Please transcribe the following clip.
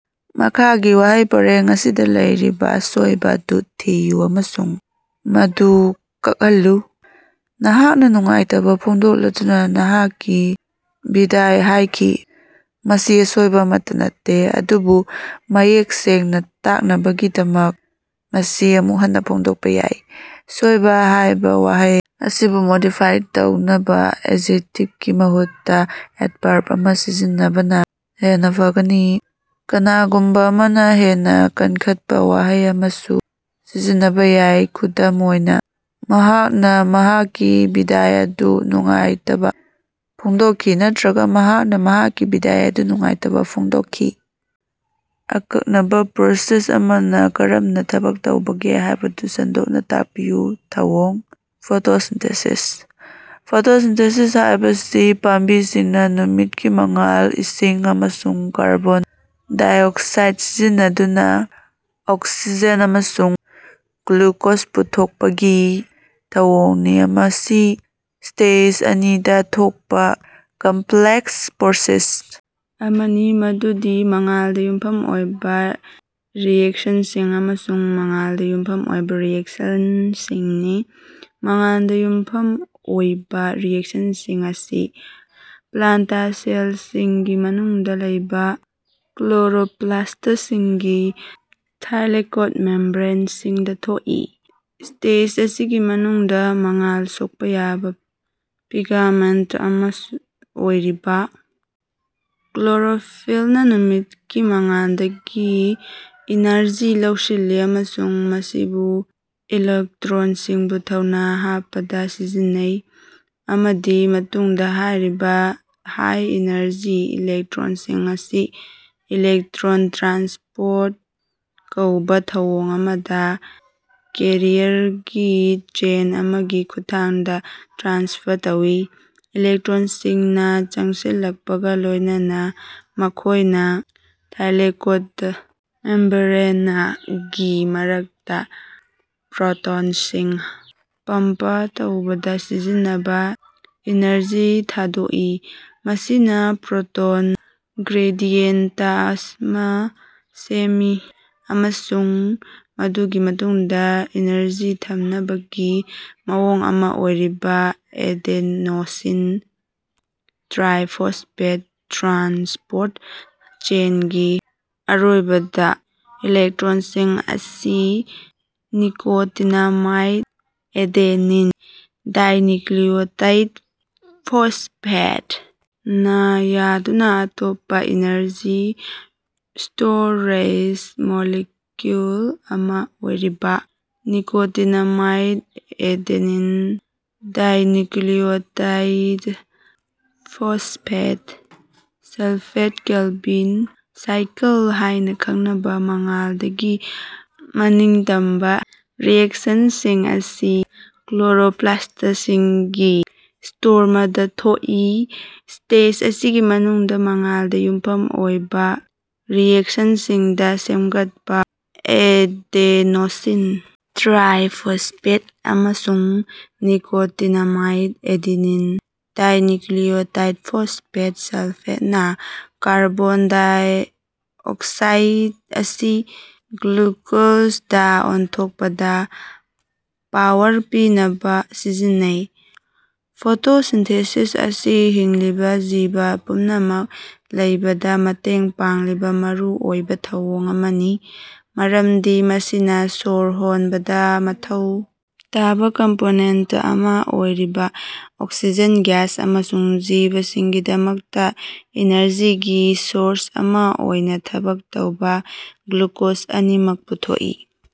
ꯃꯈꯥꯒꯤ ꯋꯥꯍꯩ ꯄꯔꯦꯡ ꯑꯁꯤꯗ ꯂꯩꯔꯤꯕ ꯑꯁꯣꯏꯕ ꯑꯗꯨ ꯊꯤꯌꯨ ꯑꯃꯁꯨꯡ ꯃꯗꯨ ꯀꯣꯛꯍꯜꯂꯨ꯫ ꯃꯍꯥꯛꯅ ꯅꯨꯡꯉꯥꯏꯇꯕ ꯐꯣꯡꯗꯣꯛꯂꯗꯨꯅ ꯃꯍꯥꯛꯀꯤ ꯕꯤꯗꯥꯏ ꯍꯥꯏꯈꯤ꯫ ꯃꯁꯤ ꯑꯁꯣꯏꯕ ꯑꯃꯠꯇꯥ ꯅꯠꯇꯦ, ꯑꯗꯨꯕꯨ ꯃꯌꯦꯛ ꯁꯦꯡꯅ ꯇꯥꯛꯅꯕꯒꯤꯗꯃꯛ ꯃꯁꯤ ꯑꯃꯨꯛ ꯍꯟꯅ ꯐꯣꯡꯗꯣꯛꯄ ꯌꯥꯏ꯫ ꯁꯣꯏꯕ ꯍꯥꯏꯕ ꯋꯥꯍꯩ ꯑꯁꯤꯕꯨ ꯃꯣꯗꯤꯐꯥꯏ ꯇꯧꯅꯕ ꯑꯦꯖꯦꯛꯇꯤꯚꯀꯤ ꯃꯍꯨꯠꯇ ꯑꯦꯗꯚꯔꯕ ꯑꯃ ꯁꯤꯖꯤꯟꯅꯕꯅꯥ ꯍꯦꯟꯅ ꯐꯒꯅꯤ꯫ ꯀꯅꯥꯒꯨꯝꯕ ꯑꯃꯅ ꯍꯦꯟꯅ ꯀꯟꯈꯠꯄ ꯋꯥꯍꯩ ꯑꯃꯁꯨ ꯁꯤꯖꯤꯟꯅꯕꯥ ꯌꯥꯏ, ꯈꯨꯗꯝ ꯑꯣꯏꯅꯥ, ꯃꯍꯥꯛꯅ ꯃꯍꯥꯛꯀꯤ ꯕꯤꯗꯥꯏ ꯑꯗꯨ ꯅꯨꯡꯉꯥꯏꯇꯕꯥ ꯐꯣꯡꯗꯣꯛꯈꯤ ꯅꯠꯇꯔꯒ ꯃꯍꯥꯛꯅ‌ ꯃꯍꯥꯛꯀꯤ ꯕꯤꯗꯥꯏ ꯑꯗꯨ ꯅꯨꯡꯉꯥꯏꯇꯕꯥ ꯐꯣꯡꯗꯣꯛꯈꯤ꯫ ꯑꯀꯛꯅꯕꯥ ꯄ꯭ꯔꯣꯁꯦꯁ ꯑꯃꯅ ꯀꯔꯝꯅ ꯊꯕꯛ ꯇꯧꯕꯒꯦ ꯍꯥꯏꯕꯗꯨ ꯁꯟꯗꯣꯛꯅ ꯇꯥꯛꯄꯤꯌꯨ꯫ ꯊꯧꯑꯣꯡ - ꯐꯣꯇꯣꯁꯤꯟꯊꯦꯁꯤꯁ, ꯐꯣꯇꯣꯁꯤꯟꯊꯦꯁꯤꯁ ꯍꯥꯏꯕꯁꯤ ꯄꯥꯝꯕꯤꯁꯤꯡꯅ ꯅꯨꯃꯤꯠꯀꯤ ꯃꯉꯥꯜ, ꯏꯁꯤꯡ ꯑꯃꯁꯨꯡ ꯀꯥꯔꯕꯣꯟ ꯗꯥꯏꯑꯣꯛꯁꯥꯏꯗ ꯁꯤꯖꯤꯟꯅꯗꯨꯅ ꯑꯣꯛꯁꯤꯖꯦꯟ ꯑꯃꯁꯨꯡ ꯒ꯭ꯂꯨꯀꯣꯖ ꯄꯨꯊꯣꯛꯄꯒꯤ ꯊꯧꯑꯣꯡꯅꯤ꯫ ꯃꯁꯤ ꯁ꯭ꯇꯦꯖ ꯑꯅꯤꯗ ꯊꯣꯛꯄ ꯀꯝꯄ꯭ꯂꯦꯛꯁ ꯄ꯭ꯔꯣꯁꯦꯁ ꯑꯃꯅꯤ, ꯃꯗꯨꯗꯤ ꯃꯉꯥꯜꯗ ꯌꯨꯝꯐꯝ ꯑꯣꯏꯕ ꯔꯤꯑꯦꯛꯁꯟꯁꯤꯡ ꯑꯃꯁꯨꯡ ꯃꯉꯥꯜꯗ ꯌꯨꯝꯐꯝ ꯑꯣꯏꯕ ꯔꯤꯑꯦꯛꯁꯟꯁꯤꯡꯅꯤ꯫ ꯃꯉꯥꯜꯗ ꯌꯨꯝꯐꯝ ꯑꯣꯏꯕ ꯔꯤꯑꯦꯛꯁꯟꯁꯤꯡ ꯑꯁꯤ ꯄ꯭ꯂꯥꯟꯇ ꯁꯦꯜꯁꯤꯡꯒꯤ ꯃꯅꯨꯡꯗ ꯂꯩꯕ ꯀ꯭ꯂꯣꯔꯣꯞꯂꯥꯁ꯭ꯇꯁꯤꯡꯒꯤ ꯊꯥꯏꯂꯦꯀꯣꯏꯗ ꯃꯦꯝꯕ꯭ꯔꯦꯟꯁꯤꯡꯗ ꯊꯣꯛꯏ꯫ ꯁ꯭ꯇꯦꯖ ꯑꯁꯤꯒꯤ ꯃꯅꯨꯡꯗ, ꯃꯉꯥꯜ ꯁꯣꯛꯄ ꯌꯥꯕ ꯄꯤꯒꯃꯦꯟꯇ ꯑꯃ‌ ꯑꯣꯏꯔꯤꯕ‌ ꯀ꯭ꯂꯣꯔꯣꯐꯤꯜꯅ ꯅꯨꯃꯤꯠꯀꯤ ꯃꯉꯥꯜꯗꯒꯤ ꯏꯅꯔꯖꯤ ꯂꯧꯁꯤꯜꯂꯤ ꯑꯃꯁꯨꯡ ꯃꯁꯤꯕꯨ ꯏꯂꯦꯛꯇ꯭ꯔꯣꯟꯁꯤꯡꯕꯨ ꯊꯧꯅ ꯍꯥꯞꯄꯗ ꯁꯤꯖꯤꯟꯅꯩ꯫ ꯃꯗꯨꯒꯤ ꯃꯇꯨꯡꯗ ꯍꯥꯏꯔꯤꯕ ꯍꯥꯏ-ꯑꯦꯅꯔꯖꯤ ꯏꯂꯦꯛꯇꯔꯣꯟꯁꯤꯡ ꯑꯁꯤ ꯏꯂꯦꯛꯇ꯭ꯔꯣꯟ ꯇ꯭ꯔꯥꯟꯁꯄꯣꯔꯠ ꯀꯧꯕ ꯊꯧꯑꯣꯡ ꯑꯃꯗ ꯀꯦꯔꯤꯌꯔꯒꯤ ꯆꯦꯟ ꯑꯃꯒꯤ ꯈꯨꯠꯊꯥꯡꯗ ꯇ꯭ꯔꯥꯟꯁꯐꯔ ꯇꯧꯏ꯫ ꯏꯂꯦꯛꯇ꯭ꯔꯣꯟꯁꯤꯡꯅ ꯆꯪꯁꯤꯜꯂꯠꯄꯒꯥ ꯂꯣꯏꯅꯅꯥ ꯃꯈꯣꯏꯅ ꯊꯥꯏꯂꯦꯀꯣꯏꯗ ꯃꯦꯝꯕ꯭ꯔꯦꯅꯒꯤ ꯃꯔꯛꯇꯥ ꯄ꯭ꯔꯣꯇꯣꯟꯁꯤꯡ ꯄꯝꯄ ꯇꯧꯕꯗ ꯁꯤꯖꯤꯟꯅꯕꯥ ꯏꯅꯔꯖꯤ ꯊꯥꯗꯣꯛꯏ, ꯃꯁꯤꯅ ꯄ꯭ꯔꯣꯇꯣꯟ ꯒ꯭ꯔꯦꯗꯤꯌꯦꯟꯇ ꯑꯃ ꯁꯦꯝꯃꯤ ꯑꯃꯁꯨꯡ ꯃꯗꯨꯒꯤ ꯃꯇꯨꯡꯗ ꯑꯦꯅꯔꯖꯤ ꯊꯝꯅꯕꯒꯤ ꯃꯑꯣꯡ ꯑꯃ ꯑꯣꯏꯔꯤꯕ ꯑꯦꯗꯦꯅꯣꯁꯤꯟ ꯇ꯭ꯔꯥꯏ ꯐꯣꯁꯐꯦꯠ ꯇ꯭ꯔꯥꯟꯁꯄꯣꯔꯠ ꯆꯦꯟꯒꯤ ꯑꯔꯣꯏꯕꯗꯥ, ꯏꯂꯦꯛꯇ꯭ꯔꯣꯟꯁꯤꯡ ꯑꯁꯤ ꯅꯤꯀꯣꯇꯤꯅꯥꯃꯥꯏꯠ ꯑꯦꯗꯦꯅꯤꯟ ꯗꯥꯏꯅ꯭ꯌꯨꯀ꯭ꯂꯤꯌꯣꯇꯥꯏꯗ ꯐꯣꯁꯐꯦꯠ ꯅꯥ ꯌꯥꯗꯨꯅ ꯑꯇꯣꯞꯄꯥ ꯏꯅꯔꯖꯤ ꯁ꯭ꯇꯣꯔꯦꯖ ꯃꯣꯂꯤꯛꯌꯨꯜ ꯑꯃ ꯑꯣꯏꯔꯤꯕ nicotinamide adenine dinucleotide phosphate -sulphate Calvin cycle ꯍꯥꯏꯅ ꯈꯪꯅꯕ ꯃꯉꯥꯜꯗꯒꯤ ꯃꯅꯤꯡꯇꯝꯕ ꯔꯤꯑꯦꯛꯁꯟꯁꯤꯡ ꯑꯁꯤ ꯀ꯭ꯂꯣꯔꯣꯄ꯭ꯂꯥꯁꯇꯁꯤꯡꯒꯤ ꯁ꯭ꯇꯔꯣꯃꯥꯗꯥ ꯊꯣꯛꯏ꯫ ꯁ꯭ꯇꯦꯖ ꯑꯁꯤꯒꯤ ꯃꯅꯨꯡꯗ ꯃꯉꯥꯜꯗ ꯌꯨꯝꯐꯝ ꯑꯣꯏꯕ ꯔꯤꯑꯦꯛꯁꯟꯁꯤꯡꯗ ꯁꯦꯝꯒꯠꯄ ꯑꯦꯗꯦꯅꯣꯁꯤ‌ꯟ ꯇ꯭ꯔꯥꯏ ꯐꯣꯁꯐꯦꯠ ꯑꯃꯁꯨꯡ nicotinamide adenine dinucleotide phosphate -sulphate ꯅꯥ ꯀꯥꯔꯕꯣꯟ ꯗꯥꯏꯑꯣꯛꯁꯥꯏꯗ ꯑꯁꯤ ꯒ꯭ꯂꯨꯀꯣꯖꯗꯥ ꯑꯣꯟꯊꯣꯛꯄꯗꯥ ꯄꯥꯋꯔ ꯄꯤꯅꯕꯥ ꯁꯤꯖꯤꯟꯅꯩ꯫ ꯐꯣꯇꯣꯁꯤꯟꯊꯦꯁꯤꯁ ꯑꯁꯤ ꯍꯤꯡꯂꯤꯕ ꯖꯤꯕ ꯄꯨꯝꯅꯃꯛ ꯂꯩꯕꯗ ꯃꯇꯦꯡ ꯄꯥꯡꯂꯤꯕ ꯃꯔꯨꯑꯣꯏꯕ ꯊꯧꯑꯣꯡ ꯑꯃꯅꯤ, ꯃꯔꯝꯗꯤ ꯃꯁꯤꯅ ꯁꯣꯔ ꯍꯣꯟꯕꯗ ꯃꯊꯧ ꯇꯥꯕ ꯀꯝꯄꯣꯅꯦꯟꯇ ꯑꯃ ꯑꯣꯏꯔꯤꯕ ꯑꯣꯛꯁꯤꯖꯦꯟ ꯒ꯭ꯌꯥꯁ ꯑꯃꯁꯨꯡ ꯖꯤꯕꯁꯤꯡꯒꯤꯗꯃꯛꯇ ꯏꯅꯔꯖꯤꯒꯤ ꯁꯣꯔꯁ ꯑꯃ ꯑꯣꯏꯅ ꯊꯕꯛ ꯇꯧꯕ ꯒ꯭ꯂꯨꯀꯣꯖ ꯑꯅꯤꯃꯛ ꯄꯨꯊꯣꯛꯏ꯫